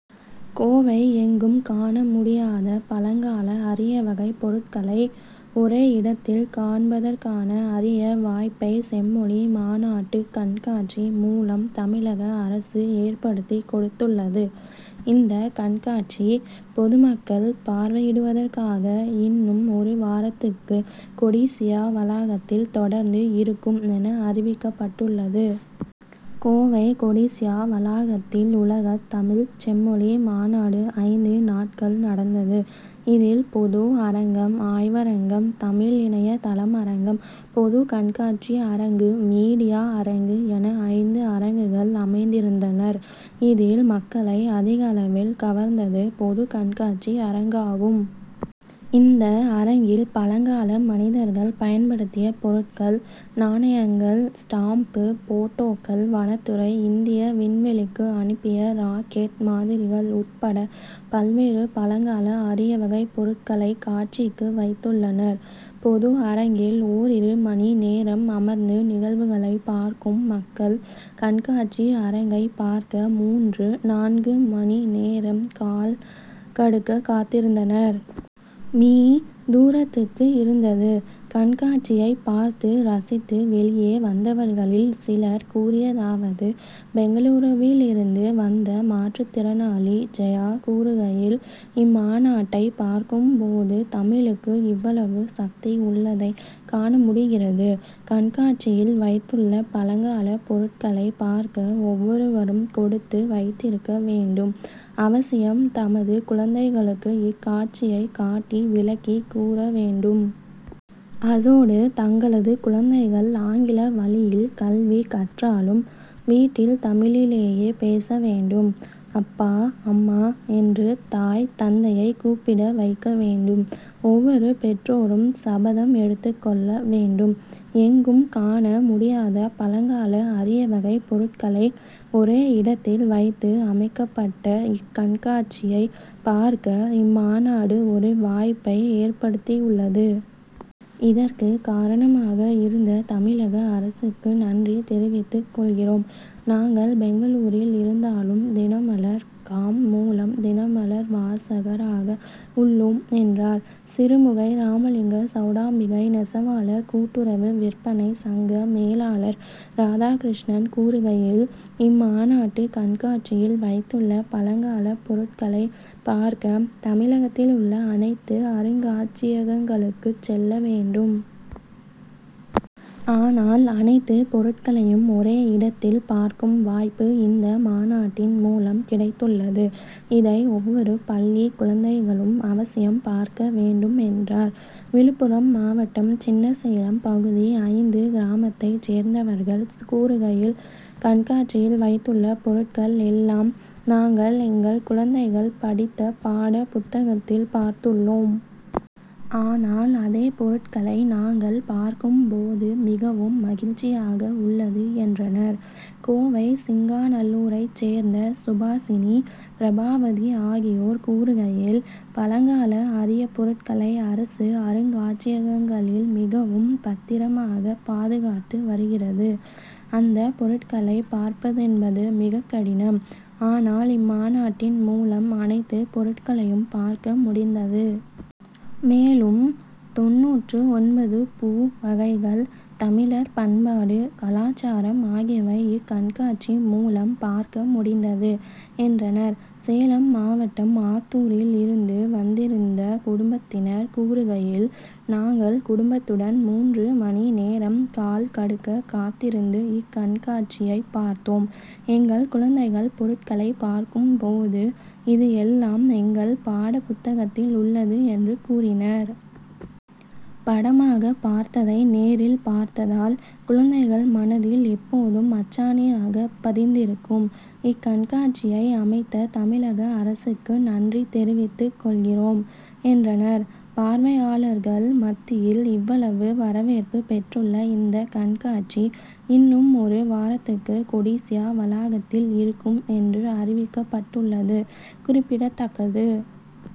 கோவை எங்கும் காண முடியாத பழங்கால அரியவகை பொருட்களை, ஒரே இடத்தில் காண்பதற்கான அரிய வாய்ப்பை செம்மொழி மாநாட்டு கண்காட்சி மூலம் தமிழக அரசு ஏற்படுத்தி கொடுத்துள்ளது. இந்த கண்காட்சி, பொதுமக்கள் பார்வையிடுவதற்காக, இன்னும் ஒரு வாரத்துக்கு கொடிசியா வளாகத்தில் தொடர்ந்து இருக்கும் என அறிவிக்கப்பட்டுள்ளது. கோவை கொடிசியா வளாகத்தில் உலகத் தமிழ்ச் செம்மொழி மாநாடு ஐந்து நாட்கள் நடந்தது. இதில் பொது அரங்கம், ஆய்வரங்கம், தமிழ் இணைய தளம் அரங்கம், பொது கண்காட்சி அரங்கு, மீடியா அரங்கு என ஐந்து அரங்குகள் அமைத்திருந்தனர். இதில் மக்களை அதிகளவில் கவர்ந்தது பொது கண்காட்சி அரங்காகும். இந்த அரங்கில் பழங்கால மனிதர்கள் பயன்படுத்திய பொருட்கள், நாணயங்கள், ஸ்டாம்பு, போட்டோக்கள், வனத்துறை, இந்திய விண்வெளிக்கு அனுப்பிய ராக்கெட் மாதிரிகள் உட்பட பல்வேறு பழங்கால அரியவகை பொருட்களை காட்சிக்கு வைத்துள்ளனர். பொது அரங்கில் ஓரிரு மணி நேரம் அமர்ந்து நிகழ்வுகளை பார்க்கும் மக்கள், கண்காட்சி அரங்கை பார்க்க மூன்று, நான்கு மணி நேரம் கால் கடுக்க காத்திருந்தனர். மீ. தூரத்துக்கு இருந்தது. கண்காட்சியை பார்த்து ரசித்து வெளியே வந்தவர்களில் சிலர் கூறியதாவது பெங்களூரிலிருந்து வந்த மாற்றுத்திறனாளி ஜெயா கூறுகையில், இம்மாநாட்டை பார்க்கும் போது தமிழுக்கு இவ்வளவு சக்தி உள்ளதை காணமுடிகிறது. கண்காட்சியில் வைத்துள்ள பழங்கால பொருட்களை பார்க்க ஒவ்வொருவரும் கொடுத்து வைத்திருக்க வேண்டும். அவசியம் தமது குழந்தைகளுக்கு இக்காட்சியை காட்டி விளக்கி கூற வேண்டும். அதோடு தங்களது குழந்தைகள் ஆங்கில வழியில் கல்வி கற்றாலும், வீட்டில் தமிழிலேயே பேச வேண்டும். அப்பா, அம்மா' என்று தாய் தந்தையை கூப்பிட வைக்க வேண்டும். ஒவ்வொரு பெற்றோரும் சபதம் எடுத்துக் கொள்ள வேண்டும். எங்கும் காண முடியாத பழங்கால அரியவகை பொருட்களை, ஒரே இடத்தில் வைத்து அமைக்கப்பட்ட இக்கண்காட்சியை பார்க்க, இம்மாநாடு ஒரு வாய்ப்பை ஏற்படுத்தியுள்ளது. இதற்கு காரணமாக இருந்த தமிழக அரசுக்கு நன்றி தெரிவித்துக் கொள்கிறோம், நாங்கள் பெங்களூரில் இருந்தாலும், தினமலர். காம்' மூலம் தினமலர் வாசகராக உள்ளோம் என்றார். சிறுமுகை ராமலிங்க சௌடாம்பிகை நெசவாளர் கூட்டுறவு விற்பனை சங்க மேலாளர் ராதாகிருஷ்ணன் கூறுகையில், இம்மாநாட்டு கண்காட்சியில் வைத்துள்ள பழங்கால பொருட்களை பார்க்க, தமிழகத்தில் உள்ள அனைத்து அருங்காட்சியகங்களுக்கு செல்ல வேண்டும். ஆனால் அனைத்து பொருட்களையும் ஒரே இடத்தில் பார்க்கும் வாய்ப்பு இந்த மாநாட்டின் மூலம் கிடைத்துள்ளது. இதை ஒவ்வொரு பள்ளி குழந்தைகளும் அவசியம் பார்க்க வேண்டும் என்றார். விழுப்புரம் மாவட்டம் சின்னசேலம் பகுதி ஐந்து கிராமத்தை சேர்ந்தவர்கள் கூறுகையில், கண்காட்சியில் வைத்துள்ள பொருட்கள் எல்லாம், நாங்கள் எங்கள் குழந்தைகள் படித்த பாட புத்தகத்தில் பார்த்துள்ளோம். ஆனால் அதே பொருட்களை நாங்கள் பார்க்கும் போது மிகவும் மகிழ்ச்சியாக உள்ளது என்றனர். கோவை சிங்காநல்லூரை சேர்ந்த சுபாசினி, பிரபாவதி ஆகியோர் கூறுகையில், பழங்கால அரிய பொருட்களை அரசு அருங்காட்சியங்களில் மிகவும் பத்திரமாக பாதுகாத்து வருகிறது. அந்த பொருட்களை பார்ப்பதென்பது மிகக்கடினம். ஆனால் இம்மாநாட்டின் மூலம் அனைத்து பொருட்களையும் பார்க்க முடிந்தது. மேலும், தொண்ணூற்று ஒன்பது பூ வகைகள், தமிழர் பண்பாடு, கலாச்சாரம் ஆகியவை இக்கண்காட்சி மூலம் பார்க்க முடிந்தது, என்றனர். சேலம் மாவட்டம் ஆத்தூரில் இருந்து வந்திருந்த குடும்பத்தினர் கூறுகையில், நாங்கள் குடும்பத்துடன் மூன்று மணி நேரம் கால் கடுக்க காத்திருந்து இக்கண்காட்சியை பார்த்தோம். எங்கள் குழந்தைகள் பொருட்களை பார்க்கும் போது, இது எல்லாம் எங்கள் பாட புத்தகத்தில் உள்ளது என்று கூறினர். படமாக பார்த்ததை நேரில் பார்த்ததால், குழந்தைகள் மனதில் எப்போதும் அச்சாணியாக பதிந்திருக்கும். இக்கண்காட்சியை அமைத்த தமிழக அரசுக்கு நன்றி தெரிவித்துக் கொள்கிறோம்,''என்றனர். பார்வையாளர்கள் மத்தியில் இவ்வளவு வரவேற்பு பெற்றுள்ள இந்த கண்காட்சி, இன்னும் ஒரு வாரத்துக்கு கொடிசியா வளாகத்தில் இருக்கும் என்று அறிவிக்கப்பட்டுள்ளது குறிப்பிடத்தக்கது.